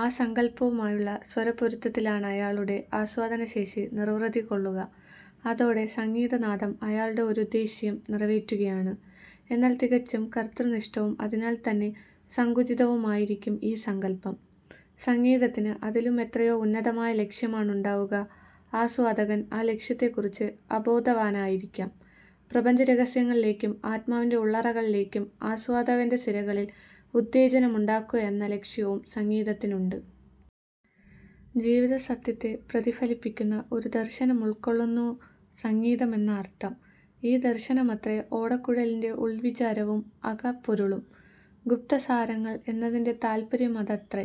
ആ സങ്കല്പവുമായുള്ള സ്വരപ്പൊരുത്തത്തിലാണയാളുടെ ആസ്വാദനശേഷി നിർവൃതികൊള്ളുക. അതോടെ സംഗീതനാദം അയാളുടെ ഒരുദ്ദേശ്യം നിറവേറ്റുകയാണ്. എന്നാൽ തികച്ചും കർത്തൃനിഷ്ഠവും അതിനാൽത്തന്നെ സങ്കുചിതവുമായിരിക്കും ഈ സങ്കല്പം. സംഗീതത്തിന് അതിലുമെത്രയോ ഉന്നതമായ ലക്ഷ്യമാണുണ്ടാവുക. ആസ്വാദകൻ ആ ലക്ഷ്യത്തെക്കുറിച്ച് അബോധവാനായിരിക്കാം. പ്രപഞ്ചരഹസ്യങ്ങളിലേക്കും ആത്മാവിന്റെ ഉള്ളറകളിലേക്കും ആസ്വാദകന്റെ സിരകളിൽ ഉത്തേജനമുണ്ടാക്കുകയെന്ന ലക്ഷ്യവും സംഗീതത്തിനുണ്ട്. ജീവിതസത്യത്തെ പ്രതിഫലിപ്പിക്കുന്ന ഒരു ദർശനമുൾക്കൊള്ളുന്നു സംഗീതമെന്നർഥം. ഈ ദർശനമത്രേ ഓടക്കുഴലിന്റെ ഉൾവിചാരവും അകപ്പൊരുളും. 'ഗുപ്തസാരങ്ങൾ'എന്നതിന്റെ താത്പര്യമതത്രേ.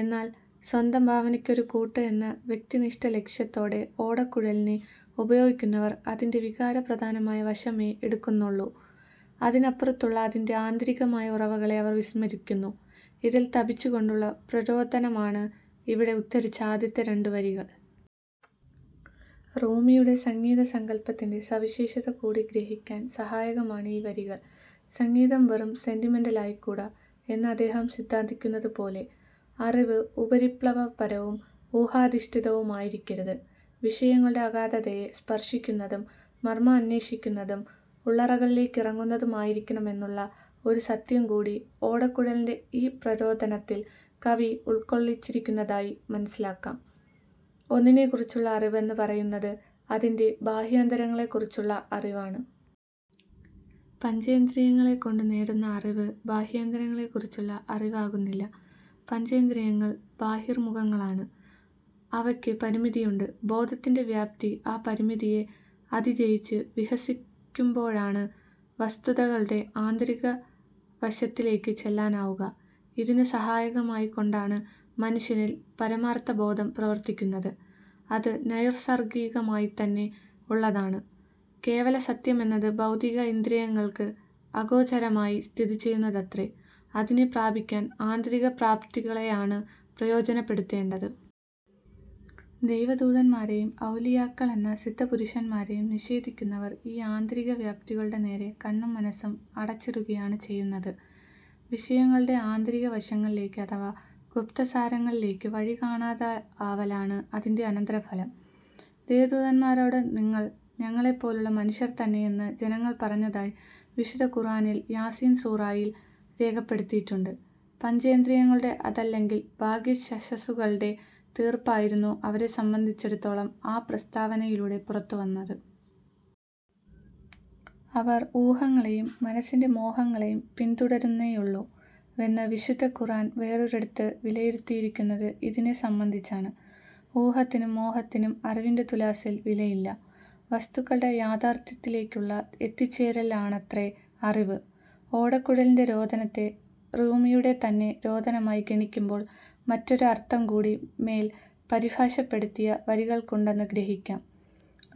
എന്നാൽ സ്വന്തം ഭാവനയ്ക്കൊരു കൂട്ട് എന്ന വ്യക്തിനിഷ്ഠ ലക്ഷ്യത്തോടെ ഓടക്കുഴലിനെ ഉപയോഗിക്കുന്നവർ അതിന്റെ വികാരപ്രധാനമായ വശമേ എടുക്കുന്നുള്ളൂ. അതിനപ്പുറത്തുള്ള അതിന്റെ ആന്തരികമായ ഉറവകളെ അവർ വിസ്മരിക്കുന്നു. ഇതിൽ തപിച്ചുകൊണ്ടുള്ള പ്രരോദനമാണ് ഇവിടെ ഉദ്ധരിച്ച ആദ്യത്തെ രണ്ടുവരികൾ. റൂമിയുടെ സംഗീതസങ്കല്പത്തിന്റെ സവിശേഷതകൂടി ഗ്രഹിക്കാൻ സഹായകമാണ് ഈ വരികൾ; സംഗീതം വെറും 'സെന്റിമെന്റൽ'ആയിക്കൂടാ എന്നദ്ദേഹം സിദ്ധാന്തിക്കുന്നതുപോലെ. അറിവ് ഉപരിപ്ലവപരവും ഊഹാധിഷ്ഠിതവുമായിരിക്കരുത്, വിഷയങ്ങളുടെ അഗാധതയെ സ്പർശിക്കുന്നതും മർമമന്വേഷിക്കുന്നതും ഉള്ളറകളിലേക്കിറങ്ങുന്നതുമായിരിക്കണം എന്നുള്ള ഒരു സത്യംകൂടി ഓടക്കുഴലിന്റെ ഈ പ്രരോദനത്തിൽ കവി ഉൾക്കൊള്ളിച്ചിരിക്കുന്നതായി മനസ്സിലാക്കാം. ഒന്നിനെക്കുറിച്ചുള്ള അറിവ് എന്ന് പറയുന്നത് അതിന്റെ ബാഹ്യാന്തരങ്ങളെക്കുറിച്ചുള്ള അറിവാണ്. പഞ്ചേന്ദ്രിയങ്ങൾകൊണ്ട് നേടുന്ന അറിവ് ബാഹ്യാന്തരങ്ങളെക്കുറിച്ചുള്ള അറിവാകുന്നില്ല. പഞ്ചേന്ദ്രിയങ്ങൾ ബഹിർമുഖങ്ങളാണ്. അവയ്ക്ക് പരിമിതിയുണ്ട്. ബോധത്തിന്റെ വ്യാപ്തി ആ പരിമിതിയെ അതിജയിച്ചു വികസിക്കുമ്പോഴാണ് വസ്തുതകളുടെ ആന്തരികവശത്തിലേക്കു ചെല്ലാനാവുക. ഇതിനു സഹായകമായിക്കൊണ്ടാണ് മനുഷ്യനിൽ പരമാർഥബോധം പ്രവർത്തിക്കുന്നത്. അത് നൈസർഗികമായിത്തന്നെ ഉള്ളതാണ്. കേവലസത്യമെന്നത് ഭൗതിക ഇന്ദ്രിയങ്ങൾക്ക് അഗോചരമായി സ്ഥിതിചെയ്യുന്നതത്രേ. അതിനെ പ്രാപിക്കാൻ ആന്തരികപ്രാപ്തികളെയാണു പ്രയോജനപ്പെടുത്തേണ്ടത്. ദൈവദൂതന്മാരെയും 'ഔലിയാക്കൾ'എന്ന സിദ്ധപുരുഷന്മാരെയും നിഷേധിക്കുന്നവർ ഈ ആന്തരികവ്യാപ്തികളുടെ നേരെ കണ്ണും മനസ്സും അടച്ചിടുകയാണ് ചെയ്യുന്നത്. വിഷയങ്ങളുടെ ആന്തരികവശങ്ങളിലേക്ക് അഥവാ ഗുപ്തസാരങ്ങളിലേക്കു വഴി കാണാതാവലാണ് അതിന്റെ അനന്തരഫലം. ദൈവദൂതന്മാരോട് 'നിങ്ങൾ ഞങ്ങളെപ്പോലുള്ള മനുഷ്യർതന്നെ'എന്ന് ജനങ്ങൾ പറഞ്ഞതായി വിശുദ്ധ ഖുർആനിൽ യാസീൻ സൂറയിൽ രേഖപ്പെടുത്തിയിട്ടുണ്ട്. പഞ്ചേന്ദ്രിയങ്ങളുടെ അതല്ലെങ്കിൽ ബാഹ്യചക്ഷുസ്സുകളുടെ തീർപ്പായിരുന്നു അവരെ സംബന്ധിച്ചിടത്തോളം ആ പ്രസ്താവനയിലൂടെ പുറത്തുവന്നത്. 'അവർ ഊഹങ്ങളെയും മനസ്സിന്റെ മോഹങ്ങളെയും പിന്തുടരുന്നേയുള്ളൂ'വെന്ന് വിശുദ്ധ ഖുർആൻ വേറൊരിടത്തു വിലയിരുത്തിയിരിക്കുന്നത് ഇതിനെ സംബന്ധിച്ചാണ്. ഊഹത്തിനും മോഹത്തിനും അറിവിന്റെ തുലാസിൽ വിലയില്ല. വസ്തുക്കളുടെ യാഥാർഥ്യത്തിലേക്കുള്ള എത്തിച്ചേരലാണത്രേ അറിവ്. ഓടക്കുഴലിന്റെ രോദനത്തെ റൂമിയുടെതന്നെ രോദനമായി ഗണിക്കുമ്പോൾ മറ്റൊരർഥംകൂടി മേൽ പരിഭാഷപ്പെടുത്തിയ വരികൾക്കുണ്ടെന്നു ഗ്രഹിക്കാം.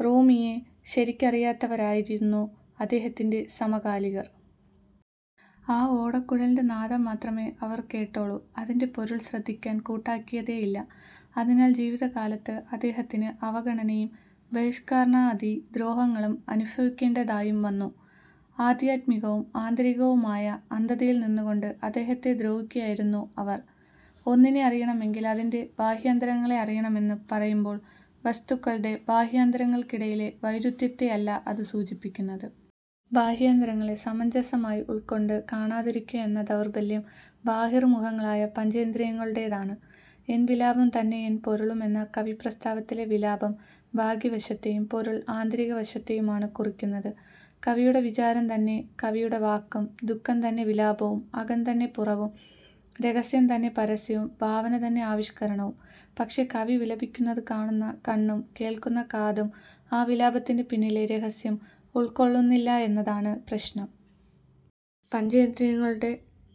റൂമിയെ ശരിക്കറിയാത്തവരായിരുന്നു അദ്ദേഹത്തിന്റെ സമകാലികർ. ആ ഓടക്കുഴലിന്റെ നാദം മാത്രമേ അവർ കേട്ടുള്ളൂ, അതിന്റെ പൊരുൾ ശ്രദ്ധിക്കാൻ കൂട്ടാക്കിയതേയില്ല. അതിനാൽ ജീവിതകാലത്ത് അദ്ദേഹത്തിന് അവഗണനയും ബഹിഷ്കരണാദി ദ്രോഹങ്ങളും അനുഭവിക്കേണ്ടതായും വന്നു. ആധ്യാത്മികവും ആന്തരികവുമായ അന്ധതയിൽനിന്നുകൊണ്ട് അദ്ദേഹത്തെ ദ്രോഹിക്കുകയായിരുന്നു അവർ. ഒന്നിനെ അറിയണമെങ്കിൽ അതിന്റെ ബാഹ്യാന്തരങ്ങളെ അറിയണമെന്നു പറയുമ്പോൾ വസ്തുക്കളുടെ ബാഹ്യാന്തരങ്ങൾക്കിടയിലെ വൈരുധ്യത്തെയല്ല അതു സൂചിപ്പിക്കുന്നത്. ബാഹ്യാന്തരങ്ങളെ സമഞ്ജസമായി ഉൾക്കൊണ്ടു കാണാതിരിക്കുകയെന്ന ദൗർബല്യം ബഹിർമുഖങ്ങളായ പഞ്ചേന്ദ്രിയങ്ങളുടേതാണ്. 'എൻ വിലാപം തന്നെയെൻ പൊരുളു'മെന്ന കവിപ്രസ്താവത്തിലെ 'വിലാപം'ബാഹ്യവശത്തെയും 'പൊരുൾ'ആന്തരികവശത്തെയുമാണ് കുറിക്കുന്നത്. കവിയുടെ വിചാരംതന്നെ കവിയുടെ വാക്കും, ദുഃഖം തന്നെ വിലാപവും, അകം തന്നെ പുറവും, രഹസ്യംതന്നെ പരസ്യവും, ഭാവനതന്നെ ആവിഷ്കരണവും. പക്ഷേ, കവി വിലപിക്കുന്നതു കാണുന്ന കണ്ണും കേൾക്കുന്ന കാതും ആ വിലാപത്തിന്റെ പിന്നിലെ രഹസ്യം ഉൾക്കൊള്ളുന്നില്ലെന്നതാണ് പ്രശ്നം. പഞ്ചേന്ദ്രിയങ്ങളുടെ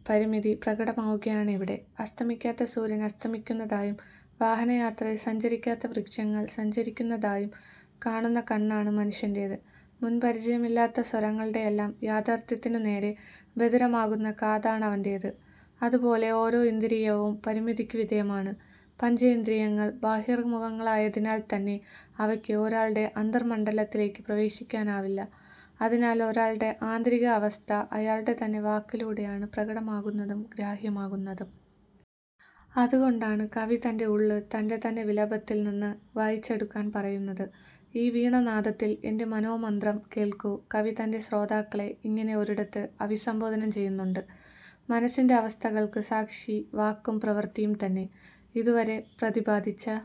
പരിമിതി പ്രകടമാവുകയാണിവിടെ. അസ്തമിക്കാത്ത സൂര്യൻ അസ്തമിക്കുന്നതായും വാഹനയാത്രയിൽ സഞ്ചരിക്കാത്ത വൃക്ഷങ്ങൾ സഞ്ചരിക്കുന്നതായും കാണുന്ന കണ്ണാണ് മനുഷ്യന്റെത്. മുൻ പരിചയമില്ലാത്ത സ്വരങ്ങളുടെയെല്ലാം യാഥാർഥ്യത്തിനുനേരേ ബധിരമാകുന്ന കാതാണവന്റെത്. അതുപോലെ ഓരോ ഇന്ദ്രിയവും പരിമിതിക്കു വിധേയമാണ്. പഞ്ചേന്ദ്രിയങ്ങൾ ബഹിർമുഖങ്ങളായതിനാൽത്തന്നെ അവയ്ക്ക് ഒരാളുടെ അന്തർമണ്ഡലത്തിലേക്ക് പ്രവേശിക്കാനാവില്ല. അതിനാൽ ഒരാളുടെ ആന്തരികാവസ്ഥ അയാളുടെ തന്നെ വാക്കിലൂടെയാണ് പ്രകടമാകുന്നതും ഗ്രാഹ്യമാകുന്നതും. അതുകൊണ്ടാണ് കവി തന്റെ ഉള്ള് തന്റെ തന്നെ വിലാപത്തിൽനിന്ന് വായിച്ചെടുക്കാൻ പറയുന്നത്. 'ഈ വീണാനാദത്തിൽ എന്റെ മനോമന്ത്രം കേൾക്കൂ,'കവി തന്റെ ശ്രോതാക്കളെ ഇങ്ങനെ ഒരിടത്ത് അഭിസംബോധന ചെയ്യുന്നുണ്ട്. മനസ്സിന്റെ അവസ്ഥകൾക്കു സാക്ഷി വാക്കും പ്രവൃത്തിയും തന്നെ. ഇതുവരെ പ്രതിപാദിച്ച